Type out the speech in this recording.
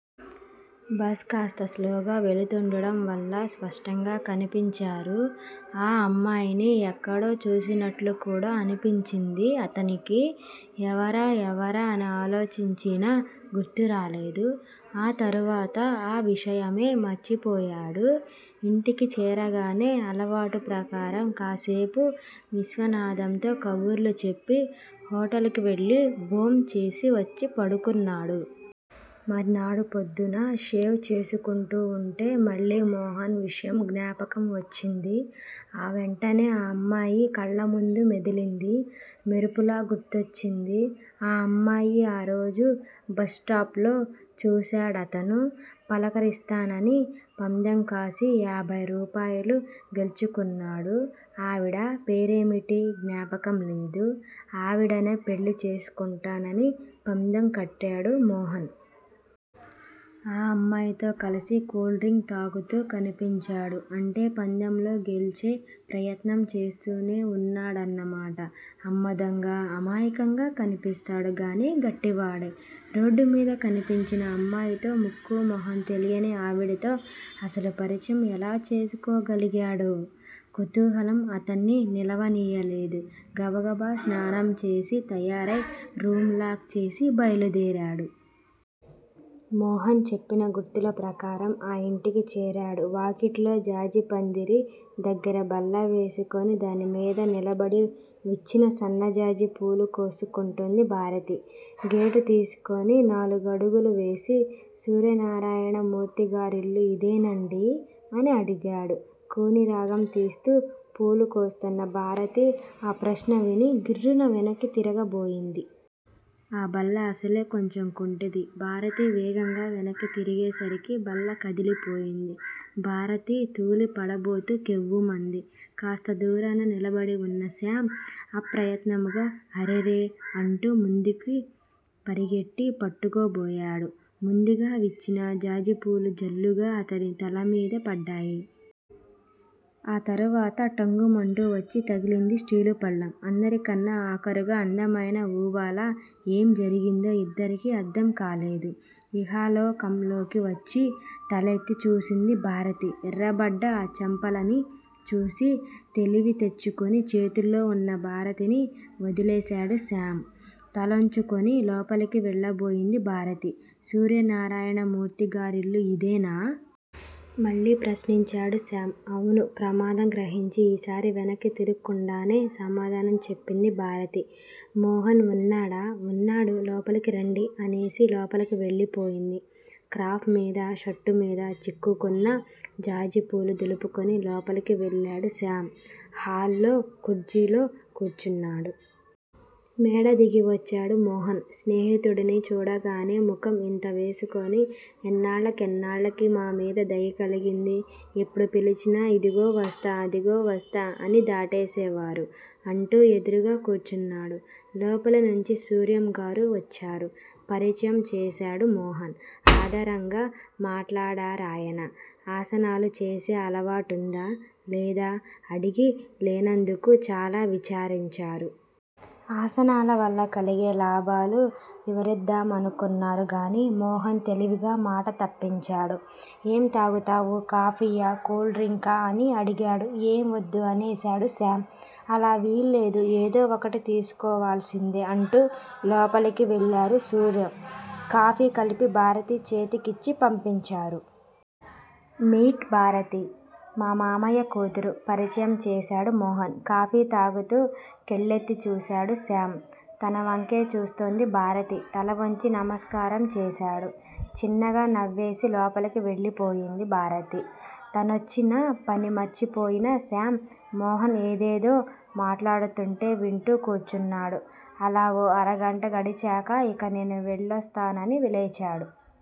Bus కాస్త స్లోగా వెళుతుండడం వల్ల స్పష్టంగా కనిపించారు. ఆ అమ్మాయిని యెక్కడో చూసినట్లుకూడా అనిపించింది అతనికి. యెవరా యెవరా అని ఆలోచించినా గుర్తురాలేదు. ఆ తరువాత ఆ విషయమే మర్చిపోయాడు. యింటికి చేరగానే అలవాటు ప్రకారం కాసేపు విశ్వనాధంతో కబుర్లు చెప్పి హొటల్ కి వెళ్ళి భోం చేసి వచ్చి పడుకున్నాడు. మర్నాడు పొద్దున షేవ్ చేసుకుంటూవుంటే మళ్ళీ మోహన్ విషయం జ్ఞాపకం వచ్చింది. ఆ వెంటనే ఆ అమ్మాయి కళ్ళముందు మెదిలింది. మెరుపులా గుర్తొచ్చింది ఆ అమ్మాయి ఆరోజు బస్టాప్ లో చూసాడతను. పలకరిస్తానని పందెం కాసి యాభై రూపాయలు గెలుచుకున్నాడు. ఆవిడ పేరేమిటి జ్ఞాపకంలేదు. ఆవిడనే పెళ్ళి చేసుకుంటానని పందెం కట్టాడు మోహన్. ఆ అమ్మాయితో కలిసి కూల్ డ్రింక్ తాగుతూ కనిపించాడు అంటే పందెంలో గెల్చే ప్రయత్నం చేస్తూనే వున్నాడన్నమాట అమ్మదొంగా అమాయకంగా కనిపిస్తాడు గానీ గట్టివాడే. రోడ్డుమీద కనిపించిన అమ్మాయితో ముక్కూ మొహం తెలియని ఆవిడతో అసలు పరిచయం ఎలా చేసుకోగలిగాడో! కుతూహలం అతన్ని నిలవనీయలేదు. గబగబ స్నానం చేసి తయారై రూం లాక్ చేసి బయలుదేరాడు. మోహన్ చెప్పిన గుర్తుల ప్రకారం ఆ ఇంటికి చేరాడు. వాకిట్లో జాజిపందిరి దగ్గర బల్ల వేసుకుని దానిమీద నిలబడి విచ్చిన సన్నజాజి పూలు కోసుకుంటోంది భారతి. గేటు తీసుకొని నాలుగడుగులు వేసి- సూర్యనారాయణమూర్తిగారిల్లు ఇదేనండీ? అని అడిగాడు. కూనిరాగం తీస్తూ పూలు కోస్తున్న భారతి ఆ ప్రశ్న విని గిర్రున వెనక్కి తిరగబోయింది. ఆ బల్లఅసలే కొంచెం కుంటిది. భారతి వేగంగా వెనక్కి తిరిగేసరికి బల్ల కదిలిపోయింది. భారతి తూలి పడబోతూ కెవ్వుమంది. కాస్త దూరాన నిలబడివున్న శ్యామ్ అప్రయత్నముగా 'అరెరె! ' అంటూ ముందుకి పరిగెట్టి పట్టుకో బోయాడు. ముందుగా విచ్చిన జాజిపూలు జల్లుగా అతని తల మీద పడ్డాయి. ఆ తరువాత ఠంగుమంటూ వచ్చి తగిలింది స్టీలు పళ్ళెం. అందరికన్నా ఆఖరుగా అందమైన వూబాల! ఏం జరిగిందో ఇద్దరికీ అర్థంకాలేదు. ఇహలోకంలోకి వచ్చి తలెత్తి చూసింది భారతి ఎర్రబడ్డ ఆ చెంపలని చూసి తెలివి తెచ్చుకుని చేతుల్లో వున్న భారతిని వదిలేశాడు శ్యామ్. తలోంచుకుని లోపలికి వెళ్ళబోయింది భారతి సూర్యనారాయణమూర్తిగారిల్లు ఇదేనా? మళ్ళీ ప్రశ్నించాడు శ్యామ్. అవును ప్రమాదం గ్రహించి ఈసారి వెనక్కి తిరక్కుండానే సమాధానం చెప్పింది భారతి. మోహన్ ఉన్నాడా? ఉన్నాడు లోపలికి రండి! అనేసి లోపలికి వెళ్ళి పోయింది. క్రాఫ్ మీద, షర్టుమీద చిక్కుకున్న జాజిపూలు దులుపుకొని లోపలికి వెళ్ళాడు శ్యామ్. హాల్లో కుర్చీలో కూర్చున్నాడు. మేడ దిగివచ్చాడు మోహన్. స్నేహితుడిని చూడగానే ముఖం ఇంత వేసుకుని__ ఎన్నాళ్ళకెన్నాళ్ళకి మా మీద దయ కలిగింది! ఎప్పుడు పిలిచినా ఇదుగో వస్తా అదిగో వస్తా అని దాటేసేవారు అంటూ ఎదురుగా కూర్చున్నాడు. లోపలినుంచి సూర్యం గారు వచ్చారు. పరిచయం చేసాడు మోహన్. ఆదరంగా మాట్లాడారాయన ఆసనాలు చేసే అలవాటుందా లేదా అడిగి లేనందుకు చాలా విచారించారు. ఆసనాలవల్ల కలిగే లాభాలు వివరిద్డామానుకున్నారుగానీ మోహన్ తెలివిగా మాట తప్పించాడు. ఏం తాగుతారు? కాఫీయా? కూల్ డ్రింకా? అని అడిగాడు ఏం వద్దు అనేశాడు శ్యామ్. అలా వీల్లేదు ఏదో ఒకటి తీసుకోవాల్సిందే అంటూ లోపలికి వెళ్లారు సూర్యం. కాఫీ కలిపి భారతి చేతి కిచ్చి పంపించారు. మీట్ భారతి. మా మామయ్య కూతురు పరిచయం చేసాడు మోహన్. కాఫీ తాగుతూ కెళ్ళేత్తి చూసాడు శ్యామ్. తన వంకే చూస్తోంది భారతి తలవంచి నమస్కారం చేసాడు. చిన్నగా నవ్వేసి లోపలికి వెళ్ళిపోయింది భారతి. తనోచ్చిన పని మర్చిపోయిన శ్యామ్ మోహన్ ఏదేదో మాట్లాడుతుంటే వింటూ కూర్చున్నాడు. అలా ఓ అరగంట గడిచాక ఇక నేను వెళ్ళోస్తానని లేచాడు.